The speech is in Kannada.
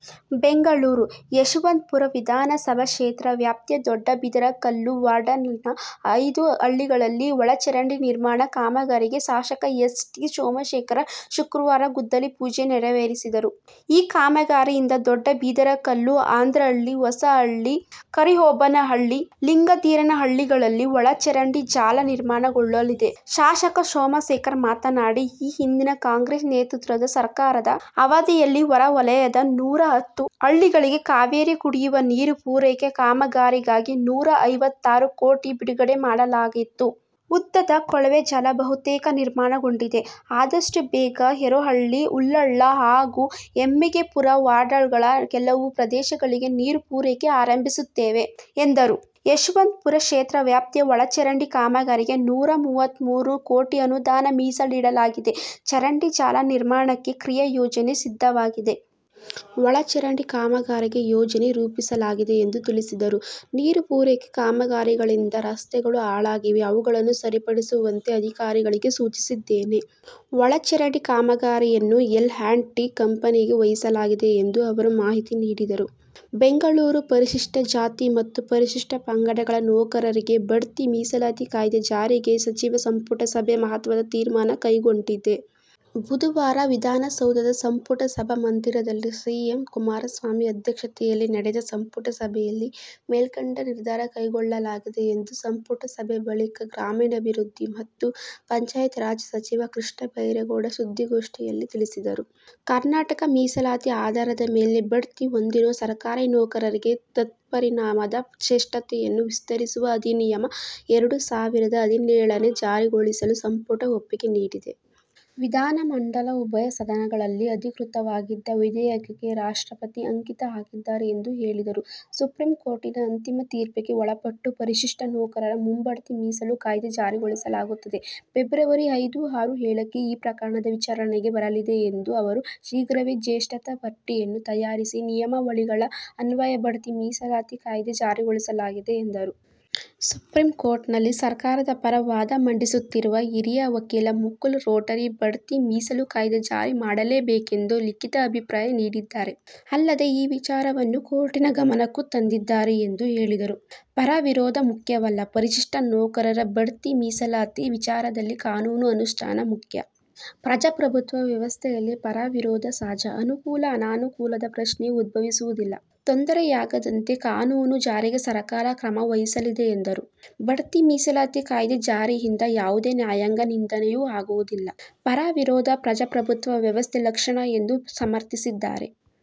ಬೆಂಗಳೂರು: ಯಶವಂತಪುರ ವಿಧಾನಸಭಾ ಕ್ಷೇತ್ರ ವ್ಯಾಪ್ತಿಯ ದೊಡ್ಡಬಿದರಕಲ್ಲು ವಾರ್ಡ್ನಲ್ಲಿನ ಐದು ಹಳ್ಳಿಗಳಲ್ಲಿ ಒಳಚರಂಡಿ ನಿರ್ಮಾಣ ಕಾಮಗಾರಿಗೆ ಶಾಸಕ ಎಸ್. ಟಿ. ಸೋಮಶೇಖರ್ ಶುಕ್ರವಾರ ಗುದ್ದಲಿ ಪೂಜೆ ನೆರವೇರಿಸಿದರು. ಈ ಕಾಮಗಾರಿಯಿಂದ ದೊಡ್ಡಬಿದರಕಲ್ಲು, ಅಂದ್ರಹಳ್ಳಿ, ಹೊಸಹಳ್ಳಿ, ಕರಿಹೋಬನಹಳ್ಳಿ, ಲಿಂಗಧೀರನಹಳ್ಳಿಗಳಲ್ಲಿ ಒಳಚರಂಡಿ ಜಾಲ ನಿರ್ಮಾಣಗೊಳ್ಳಲಿದೆ. ಶಾಸಕ ಸೋಮಶೇಖರ್ ಮಾತನಾಡಿ, 'ಈ ಹಿಂದಿನ ಕಾಂಗ್ರೆಸ್ ನೇತೃತ್ವದ ಸರ್ಕಾರದ ಅವಧಿಯಲ್ಲಿ ಹೊರಹೊಲಯದ ನೂರ ಹತ್ತು ಹಳ್ಳಿಗಳಿಗೆ ಕಾವೇರಿ ಕುಡಿಯುವ ನೀರು ಪೂರೈಕೆ ಕಾಮಗಾರಿಗಾಗಿ ನೂರ ಐವತ್ತಾರು ಕೋಟಿ ಬಿಡುಗಡೆ ಮಾಡಲಾಗಿತ್ತು. ಉದ್ದದ ಕೊಳವೆ ಜಲ ಬಹುತೇಕ ನಿರ್ಮಾಣಗೊಂಡಿದೆ. ಆದಷ್ಟು ಬೇಗ ಹೇರೋಹಳ್ಳಿ, ಉಲ್ಲಾಳ ಹಾಗೂ ಹೆಮ್ಮಿಗೆಪುರ ವಾರ್ಡ್ಗಳ ಕೆಲವು ಪ್ರದೇಶಗಳಿಗೆ ನೀರು ಪೂರೈಕೆ ಆರಂಭಿಸುತ್ತೇವೆ' ಎಂದರು. 'ಯಶವಂತಪುರ ಕ್ಷೇತ್ರ ವ್ಯಾಪ್ತಿಯ ಒಳಚರಂಡಿ ಕಾಮಗಾರಿಗೆ ನೂರ ಮೂವತ್ಮೂರು ಕೋಟಿ ಅನುದಾನ ಮೀಸಲಿಡಲಾಗಿದೆ. ಚರಂಡಿ ಜಾಲ ನಿರ್ಮಾಣಕ್ಕೆ ಕ್ರಿಯಾ ಯೋಜನೆ ಸಿದ್ಧವಾಗಿದೆ. ಒಳಚರಂಡಿ ಕಾಮಗಾರಿಗೆ ಯೋಜನೆ ರೂಪಿಸಲಾಗಿದೆ' ಎಂದು ತಿಳಿಸಿದರು. 'ನೀರು ಪೂರೈಕೆ ಕಾಮಗಾರಿಗಳಿಂದ ರಸ್ತೆಗಳು ಹಾಳಾಗಿವೆ. ಅವುಗಳನ್ನು ಸರಿಪಡಿಸುವಂತೆ ಅಧಿಕಾರಿಗಳಿಗೆ ಸೂಚಿಸಿದ್ದೇನೆ. ಒಳಚರಂಡಿ ಕಾಮಗಾರಿಯನ್ನು ಎಲ್ ಆ್ಯಂಡ್ ಟಿ ಕಂಪನಿಗೆ ವಹಿಸಲಾಗಿದೆ' ಎಂದು ಅವರು ಮಾಹಿತಿ ನೀಡಿದರು. ಬೆಂಗಳೂರು, ಪರಿಶಿಷ್ಟ ಜಾತಿ ಮತ್ತು ಪರಿಶಿಷ್ಟ ಪಂಗಡಗಳ ನೌಕರರಿಗೆ ಭಡ್ತಿ ಮೀಸಲಾತಿ ಕಾಯ್ದೆ ಜಾರಿಗೆ ಸಚಿವ ಸಂಪುಟ ಸಭೆ ಮಹತ್ವದ ತೀರ್ಮಾನ ಕೈಗೊಂಡಿದೆ. ಬುಧವಾರ ವಿಧಾನಸೌಧದ ಸಂಪುಟ ಸಭಾ ಮಂದಿರದಲ್ಲಿ ಸಿಎಂ ಕುಮಾರಸ್ವಾಮಿ ಅಧ್ಯಕ್ಷತೆಯಲ್ಲಿ ನಡೆದ ಸಂಪುಟ ಸಭೆಯಲ್ಲಿ ಮೇಲ್ಕಂಡ ನಿರ್ಧಾರ ಕೈಗೊಳ್ಳಲಾಗಿದೆ ಎಂದು ಸಂಪುಟ ಸಭೆ ಬಳಿಕ ಗ್ರಾಮೀಣಾಭಿವೃದ್ಧಿ ಮತ್ತು ಪಂಚಾಯತ್ ರಾಜ್ ಸಚಿವ ಕೃಷ್ಣ ಬೈರೇಗೌಡ ಸುದ್ದಿಗೋಷ್ಠಿಯಲ್ಲಿ ತಿಳಿಸಿದರು. ಕರ್ನಾಟಕ ಮೀಸಲಾತಿ ಆಧಾರದ ಮೇಲೆ ಭಡ್ತಿ ಹೊಂದಿರುವ ಸರಕಾರಿ ನೌಕರರಿಗೆ ತತ್ಪರಿಣಾಮದ ಜೇಷ್ಠತೆಯನ್ನು ವಿಸ್ತರಿಸುವ ಅಧಿನಿಯಮ – ಎರಡು ಸಾವಿರದ ಹದಿನೇಳನ್ನು ಜಾರಿಗೊಳಿಸಲು ಸಂಪುಟ ಒಪ್ಪಿಗೆ ನೀಡಿದೆ. ವಿಧಾನ ಮಂಡಲ ಉಭಯ ಸದನಗಳಲ್ಲಿ ಅಂಗೀಕೃತವಾಗಿದ್ದ ವಿಧೇಯಕಕ್ಕೆ ರಾಷ್ಟ್ರಪತಿ ಅಂಕಿತ ಹಾಕಿದ್ದಾರೆ ಎಂದು ಹೇಳಿದರು. ಸುಪ್ರೀಂ ಕೋರ್ಟಿನ ಅಂತಿಮ ತೀರ್ಪಿಗೆ ಒಳಪಟ್ಟು ಪರಿಶಿಷ್ಟ ನೌಕರರ ಮುಂಭಡ್ತಿ ಮೀಸಲು ಕಾಯ್ದೆ ಜಾರಿಗೊಳಿಸಲಾಗುತ್ತದೆ. ಫೆಬ್ರವರಿ ಐದು, ಆರು, ಏಳಕ್ಕೆ ಈ ಪ್ರಕರಣದ ವಿಚಾರಣೆಗೆ ಬರಲಿದೆ ಎಂದ ಅವರು, ಶೀಘ್ರವೇ ಜೇಷ್ಠತಾ ಪಟ್ಟಿಯನ್ನು ತಯಾರಿಸಿ ನಿಯಮಾವಳಿಗಳ ಅನ್ವಯ ಭಡ್ತಿ ಮೀಸಲಾತಿ ಕಾಯ್ದೆ ಜಾರಿಗೊಳಿಸಲಾಗಿದೆ ಎಂದರು. ಸುಪ್ರೀಂ ಕೋರ್ಟ್ನಲ್ಲಿ ಸರಕಾರದ ಪರ ವಾದ ಮಂಡಿಸುತ್ತಿರುವ ಹಿರಿಯ ವಕೀಲ ಮುಕುಲ್ ರೋಟಗಿ ಭಡ್ತಿ ಮೀಸಲು ಕಾಯ್ದೆ ಜಾರಿ ಮಾಡಲೇಬೇಕೆಂದು ಲಿಖಿತ ಅಭಿಪ್ರಾಯ ನೀಡಿದ್ದಾರೆ. ಅಲ್ಲದೆ, ಈ ವಿಚಾರವನ್ನು ಕೋರ್ಟಿನ ಗಮನಕ್ಕೂ ತಂದಿದ್ದಾರೆ ಎಂದು ಹೇಳಿದರು. ಪರ – ವಿರೋಧ ಮುಖ್ಯವಲ್ಲ: ಪರಿಶಿಷ್ಟ ನೌಕರರ ಭಡ್ತಿ ಮೀಸಲಾತಿ ವಿಚಾರದಲ್ಲಿ ಕಾನೂನು ಅನುಷ್ಟಾನ ಮುಖ್ಯ. ಪ್ರಜಾಪ್ರಭುತ್ವ ವ್ಯವಸ್ಥೆಯಲ್ಲಿ ಪರ – ವಿರೋಧ ಸಹಜ. ಅನುಕೂಲ, ಅನಾನುಕೂಲದ ಪ್ರಶ್ನೆ ಉದ್ಭವಿಸುವುದಿಲ್ಲ. ತೊಂದರೆಯಾಗದಂತೆ ಕಾನೂನು ಜಾರಿಗೆ ಸರಕಾರ ಕ್ರಮ ವಹಿಸಲಿದೆ ಎಂದರು. ಭಡ್ತಿ ಮೀಸಲಾತಿ ಕಾಯ್ದೆ ಜಾರಿಯಿಂದ ಯಾವುದೇ ನ್ಯಾಯಾಂಗ ನಿಂದನೆಯೂ ಆಗುವುದಿಲ್ಲ. ಪರ – ವಿರೋಧ ಪ್ರಜಾಪ್ರಭುತ್ವ ವ್ಯವಸ್ಥೆ ಲಕ್ಷಣ ಎಂದು ಸಮರ್ಥಿಸಿದ್ದಾರೆ.